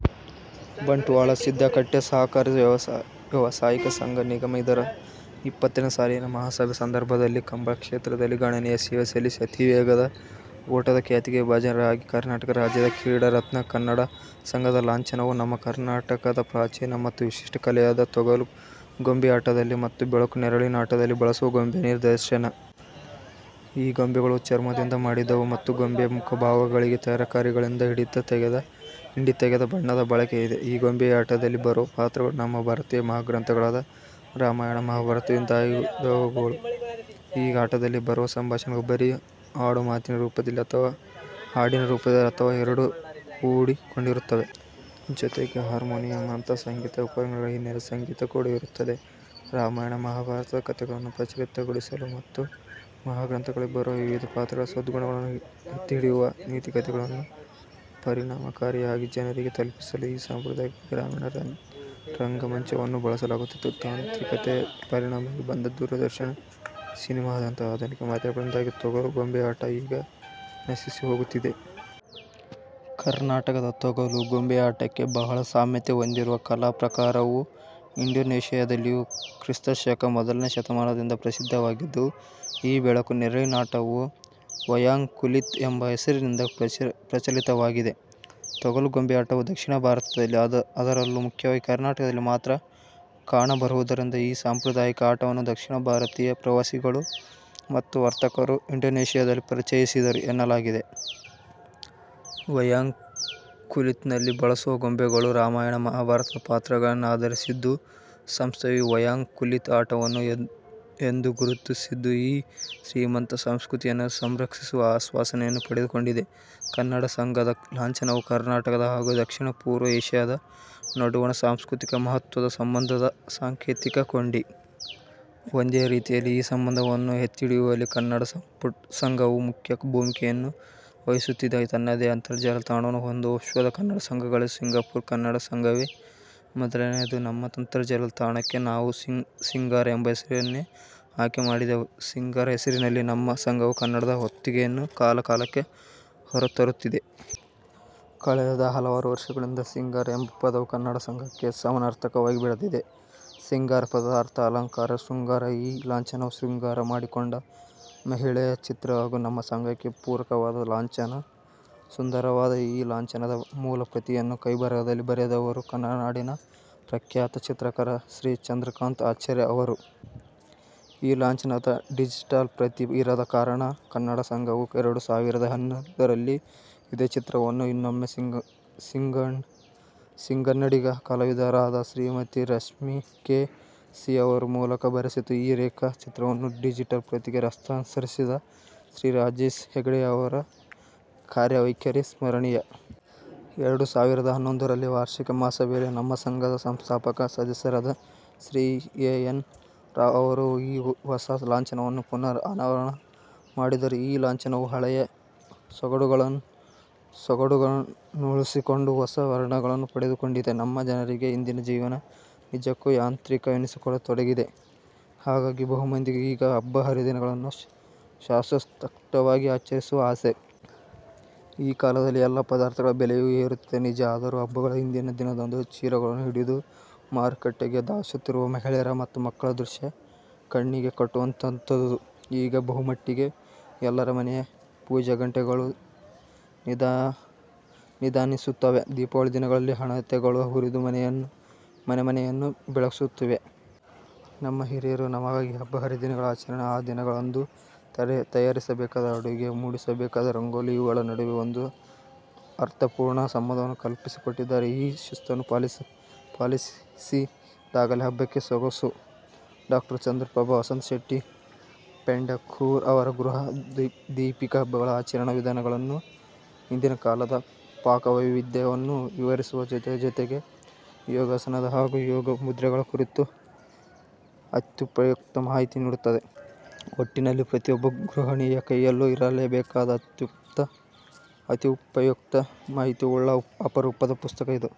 ಬಂಟ್ವಾಳ: ಸಿದ್ದಕಟ್ಟೆ ಸಹಕಾರಿ ವ್ಯವಸಾಯಿಕ ಸಂಘ, ನಿಗಮ. ಇದರ ಇಪ್ಪತ್ತನೇ ಸಾಲಿನ ಮಹಾಸಭೆ ಸಂದರ್ಭದಲ್ಲಿ ಕಂಬಳ ಕ್ಷೇತ್ರದಲ್ಲಿ ಗಣನೀಯ ಸೇವೆಸಲ್ಲಿಸಿ ಅತೀ ವೇಗದ ಓಟದ ಖ್ಯಾತಿಗೆ ಬಾಜನರಾಗಿ ಕರ್ನಾಟಕ ರಾಜ್ಯದ ಕ್ರೀಡಾರತ್ನಕನ್ನಡ ಸಂಘದ ಲಾಂಛನವು ನಮ್ಮ ಕರ್ನಾಟಕದ ಪ್ರಾಚೀನ ಮತ್ತು ವಿಶಿಷ್ಟ ಕಲೆಯಾದ ತೊಗಲು ಗೊಂಬೆಯಾಟದಲ್ಲಿ ಮತ್ತು ಬೆಳಕು-ನೆರಳಿನಾಟದಲ್ಲಿ ಬಳಸುವ ಗೊಂಬೆಯ ನಿದರ್ಶನ. ಈ ಗೊಂಬೆಗಳು ಚರ್ಮದಿಂದ ಮಾಡಿದವು ಮತ್ತು ಗೊಂಬೆಯ ಮುಖಭಾವಗಳಿಗೆ ತರಕಾರಿಗಳಿಂದ ಹಿಂಡಿತೆಗೆದ ಬಣ್ಣದ ಬಳಕೆ ಇದೆ. ಈ ಗೊಂಬೆಯಾಟದಲ್ಲಿ ಬರುವ ಪಾತ್ರಗಳು ನಮ್ಮ ಭಾರತೀಯ ಮಹಾಗ್ರಂಥಗಳಾದ ರಾಮಾಯಣ, ಮಹಾಭಾರತದಿಂದಾಯ್ದವುಗಳು. ಈ ಆಟದಲ್ಲಿ ಬರುವ ಸಂಭಾಷಣೆಗಳು ಬರೀ ಆಡುಮಾತಿನ ರೂಪದಲ್ಲಿ ಅಥವಾ ಹಾಡಿನ ರೂಪದಲ್ಲಿ ಅಥವಾ ಎರಡೂ ಕೂಡಿಕೊಂಡಿರುತ್ತವೆ. ಜೊತೆಗೆ ಹಾರ್ಮೋನಿಯಮ್ನಂತಹ ಸಂಗೀತ ಉಪಕರಣಗಳ ಹಿನ್ನೆಲೆ ಸಂಗೀತ ಕೂಡ ಇರುತ್ತದೆ. ರಾಮಾಯಣ, ಮಹಾಭಾರತದ ಕಥೆಗಳನ್ನು ಪ್ರಚಲಿತಗೊಳಿಸಲು ಮತ್ತು ಮಹಾಗ್ರಂಥಗಳಲ್ಲಿ ಬರುವ ವಿವಿಧ ಪಾತ್ರಗಳ ಸದ್ಗುಣಗಳನ್ನು ಎತ್ತಿಹಿಡಿಯುವ ನೀತಿಕಥೆಗಳನ್ನು ಪರಿಣಾಮಕಾರಿಯಾಗಿ ಜನರಿಗೆ ತಲುಪಿಸಲು ಈ ಸಾಂಪ್ರದಾಯಿಕ ಗ್ರಾಮೀಣ ರಂಗಮಂಚವನ್ನು ಬಳಸಲಾಗುತ್ತಿತ್ತು. ತಾಂತ್ರಿಕತೆಯ ಪರಿಣಾಮವಾಗಿ ಬಂದ ದೂರದರ್ಶನ, ಸಿನೇಮಾದಂತಹ ಆಧುನಿಕ ಮಾಧ್ಯಮಗಳಿಂದಾಗಿ ತೊಗಲು ಗೊಂಬೆಯಾಟ ಈಗ ನಶಿಸಿಹೋಗುತ್ತಿದೆ. ಕರ್ನಾಟಕದ ತೊಗಲು ಗೊಂಬೆಯಾಟಕ್ಕೆ ಬಹಳ ಸಾಮ್ಯತೆ ಹೊಂದಿರುವ ಕಲಾಪ್ರಾಕಾರವು ಇಂಡೋನೇಶಿಯಾದಲ್ಲಿಯೂ ಕ್ರಿಸ್ತಶಕ ಮೊದಲನೇ ಶತಮಾನದಿಂದ ಪ್ರಸಿದ್ಧವಾಗಿದ್ದು, ಈ ಬೆಳಕು-ನೆರಳಿನಾಟವು "ವಯಾಂಗ್ ಕುಲಿತ್" ಎಂಬ ಹೆಸರಿನಿಂದ ಪ್ರಚಲಿತವಾಗಿದೆ. ತೊಗಲು ಗೊಂಬೆಯಾಟವು ದಕ್ಷಿಣ ಭಾರತದಲ್ಲಿ, ಅದರಲ್ಲೂ ಮುಖ್ಯವಾಗಿ ಕರ್ನಾಟಕದಲ್ಲಿ ಮಾತ್ರ ಕಾಣಬರುವುದರಿಂದ ಈ ಸಾಂಪ್ರದಾಯಿಕ ಆಟವನ್ನು ದಕ್ಷಿಣ ಭಾರತೀಯ ಪ್ರವಾಸಿಗಳು ಮತ್ತು ವರ್ತಕರು ಇಂಡೋನೇಶಿಯಾದಲ್ಲಿ ಪರಿಚಯಿಸಿದರು ಎನ್ನಲಾಗಿದೆ. "ವಯಾಂಗ್ ಕುಲಿತ್"ನಲ್ಲಿ ಬಳಸುವ ಗೊಂಬೆಗಳೂ ರಾಮಾಯಣ, ಮಹಾಭಾರತದ ಪಾತ್ರಗಳನ್ನಾಧರಿಸಿದ್ದು. ಸಂಸ್ಥೆಯು "ವಯಾಂಗ್ ಕುಲಿತ್" ಆಟವನ್ನು "" ಎಂದು ಗುರುತಿಸಿದ್ದು, ಈ ಶ್ರೀಮಂತ ಸಂಸ್ಕೃತಿಯನ್ನು ಸಂರಕ್ಷಿಸುವ ಆಶ್ವಾಸನೆಯನ್ನು ಪಡೆದುಕೊಂಡಿದೆ. ಕನ್ನಡ ಸಂಘದ ಲಾಂಛನವು ಕರ್ನಾಟಕದ ಹಾಗೂ ದಕ್ಷಿಣ-ಪೂರ್ವ ಏಶಿಯಾದ ನಡುವಣ ಸಾಂಸ್ಕೃತಿಕ ಮಹತ್ವದ ಸಂಬಂಧದ ಸಾಂಕೇತಿಕ ಕೊಂಡಿ. ಒಂದು ರೀತಿಯಲ್ಲಿ ಈ ಸಂಬಂಧವನ್ನು ಎತ್ತಿಹಿಡಿಯುವಲ್ಲಿ ಕನ್ನಡ ಸಂಘವು ಮುಖ್ಯ ಭೂಮಿಕೆಯನ್ನು ವಹಿಸುತ್ತಿದೆ. ತನ್ನದೇ ಅಂತರ್ಜಾಲ ತಾಣವನ್ನು ಹೊಂದುವ ವಿಶ್ವದ ಕನ್ನಡ ಸಂಘಗಳಲ್ಲಿ ಸಿಂಗಪುರ ಕನ್ನಡ ಸಂಘವೇ ಮೊದಲನೆಯದು. ನಮ್ಮ ಅಂತರ್ಜಾಲ ತಾಣಕ್ಕೆ ನಾವು "ಸಿಂಗಾರ"ಎಂಬ ಹೆಸರನ್ನೇ ಆಯ್ಕೆ ಮಾಡಿದೆವು. "ಸಿಂಗಾರ" ಹೆಸರಿನಲ್ಲೇ ನಮ್ಮ ಸಂಘವು ಕನ್ನಡದ ಹೊತ್ತುಗೆಯನ್ನು ಕಾಲಕಾಲಕ್ಕೆ ಹೊರತರುತ್ತಿದೆ. ಕಳೆದ ಹಲವಾರು ವರ್ಷಗಳಿಂದ "ಸಿಂಗಾರ" ಎಂಬ ಪದವು ಕನ್ನಡ ಸಂಘಕ್ಕೆ ಸಮಾನಾರ್ಥಕವಾಗಿ ಬೆಳೆದಿದೆ. "ಸಿಂಗಾರ" ಪದದ ಅರ್ಥ ಅಲಂಕಾರ, ಶೃಂಗಾರ. ಈ ಲಾಂಛನವು ಶೃಂಗಾರ ಮಾಡಿಕೊಂಡ ಮಹಿಳೆಯ ಚಿತ್ರ ಹಾಗೂ ನಮ್ಮ ಸಂಘಕ್ಕೆ ಪೂರಕವಾದ ಲಾಂಛನ. ಸುಂದರವಾದ ಈ ಲಾಂಛನದ ಮೂಲಪ್ರತಿಯನ್ನು ಕೈಬರಹದಲ್ಲಿ ಬರೆದವರು ಕನ್ನಡನಾಡಿನ ಪ್ರಖ್ಯಾತ ಚಿತ್ರಕಾರ ಶ್ರೀ ಚಂದ್ರಕಾಂತ್ ಆಚಾರ್ಯ ಅವರು. ಈ ಲಾಂಛನದ ಡಿಜಿಟಲ್ ಪ್ರತಿ ಇರದ ಕಾರಣ ಕನ್ನಡ ಸಂಘ ವು ಎರಡು ಸಾವಿರದ ಹನ್ನೊಂದರಲ್ಲಿ ಇದೇ ಚಿತ್ರವನ್ನು ಇನ್ನೊಮ್ಮೆ, ಸಿಂಗನ್ನಡಿಗ ಕಲಾವಿದರಾದ ಶ್ರಿಮತಿ ರಶ್ಮಿ ಕೆ. ಸಿ ಅವರು ಮೂಲಕ ಬರೆಸಿತು. ಈ ರೇಖಾ ಚಿತ್ರವನ್ನು ಡಿಜಿಟಲ್ ಪ್ರತಿಗೆ ಹಸ್ತಾಂತರಿಸಿದ ಶ್ರೀ ರಾಜೇಶ್ ಹೆಗಡೆಯವರ ಕಾರ್ಯವೈಕರಿ ಸ್ಮರಿಣೀಯ. ಎರಡು ಸಾವಿರದ ಹನ್ನೊಂದರಲ್ಲಿ ವಾರ್ಷಿಕ ಮಹಾಸಭೆಯಲ್ಲಿ ನಮ್ಮ ಸಂಘದ ಸಂಸ್ಥಾಪಕ ಸದಸ್ಯರಾದ ಶ್ರೀ ಎ. ಎನ್. ರಾವ್ ಅವರು ಈ ಹೊಸ ಲಾಂಛನವನ್ನು ಪುನರ್-ಅನಾವರಣ ಮಾಡಿದರು. ಈ ಲಾಂಛನವು ಹಳೆಯ ಸೊಗಡುಗಳನ್ನುಳಿಸಿಕೊಂಡು ಹೊಸ ವರ್ಣಗಳನ್ನು ಪಡೆದುಕೊಂಡಿದೆ. ನಮ್ಮ ಜನರಿಗೆ ಇಂದಿನ ಜೀವನ ನಿಜಕ್ಕೂ ಯಾಂತ್ರಿಕವೆನಿಸತೊಡಗಿದೆ. ಹಾಗಾಗಿ ಬಹುಮಂದಿಗೆ ಈಗ ಹಬ್ಬ ಹರಿದಿನಗಳನ್ನು ಶಾಸ್ತ್ರೋಕ್ತವಾಗಿ ಆಚರಿಸುವ ಆಸೆ. ಈ ಕಾಲದಲ್ಲಿ ಎಲ್ಲ ಪದಾರ್ಥಗಳ ಬೆಲೆಯೂ ಏರುತ್ತಿದೆ, ನಿಜ. ಆದರೂ ಹಬ್ಬಗಳ ಹಿಂದಿನ ದಿನದಂದು ಚೀಲಗಳನ್ನು ಹಿಡಿದು ಮಾರುಕಟ್ಟೆಗೆ ಧಾವಿಸುತ್ತಿರುವ ಮಹಿಳೆಯರ ಮತ್ತು ಮಕ್ಕಳ ದೃಶ್ಯ ಕಣ್ಣಿಗೆಕಟ್ಟುವಂಥದು. ಈಗ ಬಹುಮಟ್ಟಿಗೆ ಎಲ್ಲರ ಮನೆಯ ಪೂಜಾಗಂಟೆಗಳೂ ನಿನಾದಿಸುತ್ತಿವೆ. ದೀಪಾವಳಿಯ ದಿನಗಳಲ್ಲಿ ಹಣತೆ ಗಳು ಉರಿದು ಮನೆಮನೆಯನ್ನೂ ಬೆಳಗಿಸುತ್ತಿವೆ. ನಮ್ಮ ಹಿರಿಯರು ನಮಗಾಗಿ ಹಬ್ಬ ಹರಿದಿನಗಳ ಆಚರಣೆ, ಆ ದಿನಗಳಂದು ತಯಾರಿಸ ಬೇಕಾದ ಅಡುಗೆ, ಮೂಡಿಸಬೇಕಾದ ರಂಗೋಲಿ, ಇವುಗಳ ನಡುವೆ ಒಂದು ಅರ್ಥಪೂರ್ಣ ಸಂಬಂಧವನ್ನು ಕಲ್ಪಿಸಿಕೊಟ್ಟಿದ್ದಾರೆ. ಈ ಶಿಸ್ತನ್ನು ಪಾಲಿಸಿದಾಗಲೇ ಹಬ್ಬಕ್ಕೆ ಸೊಗಸು. ಡಾ ಚಂದ್ರಪ್ರಭಾ ವಸಂತ ಶೆಟ್ಟಿ ಪೆಂಡಕೂರ ಅವರ ಗೃಹ ದೀಪಿಕ ಹಬ್ಬಗಳ ಆಚರಣಾ ವಿಧಾನಗಳನ್ನೂ ಹಿಂದಿನ ಕಾಲದ ಪಾಕವೈವಿಧ್ಯ ವನ್ನೂ ವಿವರಿಸುವ ಜೊತೆಜೊತೆಗೇ ಯೋಗಾಸನದ ಹಾಗೂ ಯೋಗ ಮುದ್ರೆಗಳ ಕುರಿತೂ ಅತ್ಯುಪಯುಕ್ತ ಮಾಹಿತಿ ನೀಡುತ್ತದೆ. ಒಟ್ಟಿನಲ್ಲಿ ಪ್ರತಿಯೊಬ್ಬ ಗೃಹಿಣಿಯ ಕೈಯಲ್ಲೂ ಇರಲೇಬೇಕಾದ, ಅತ್ಯುಪಯುಕ್ತ ಮಾಹಿತಿಯುಳ್ಳ ಅಪರೂಪದ ಪುಸ್ತಕ ಇದು.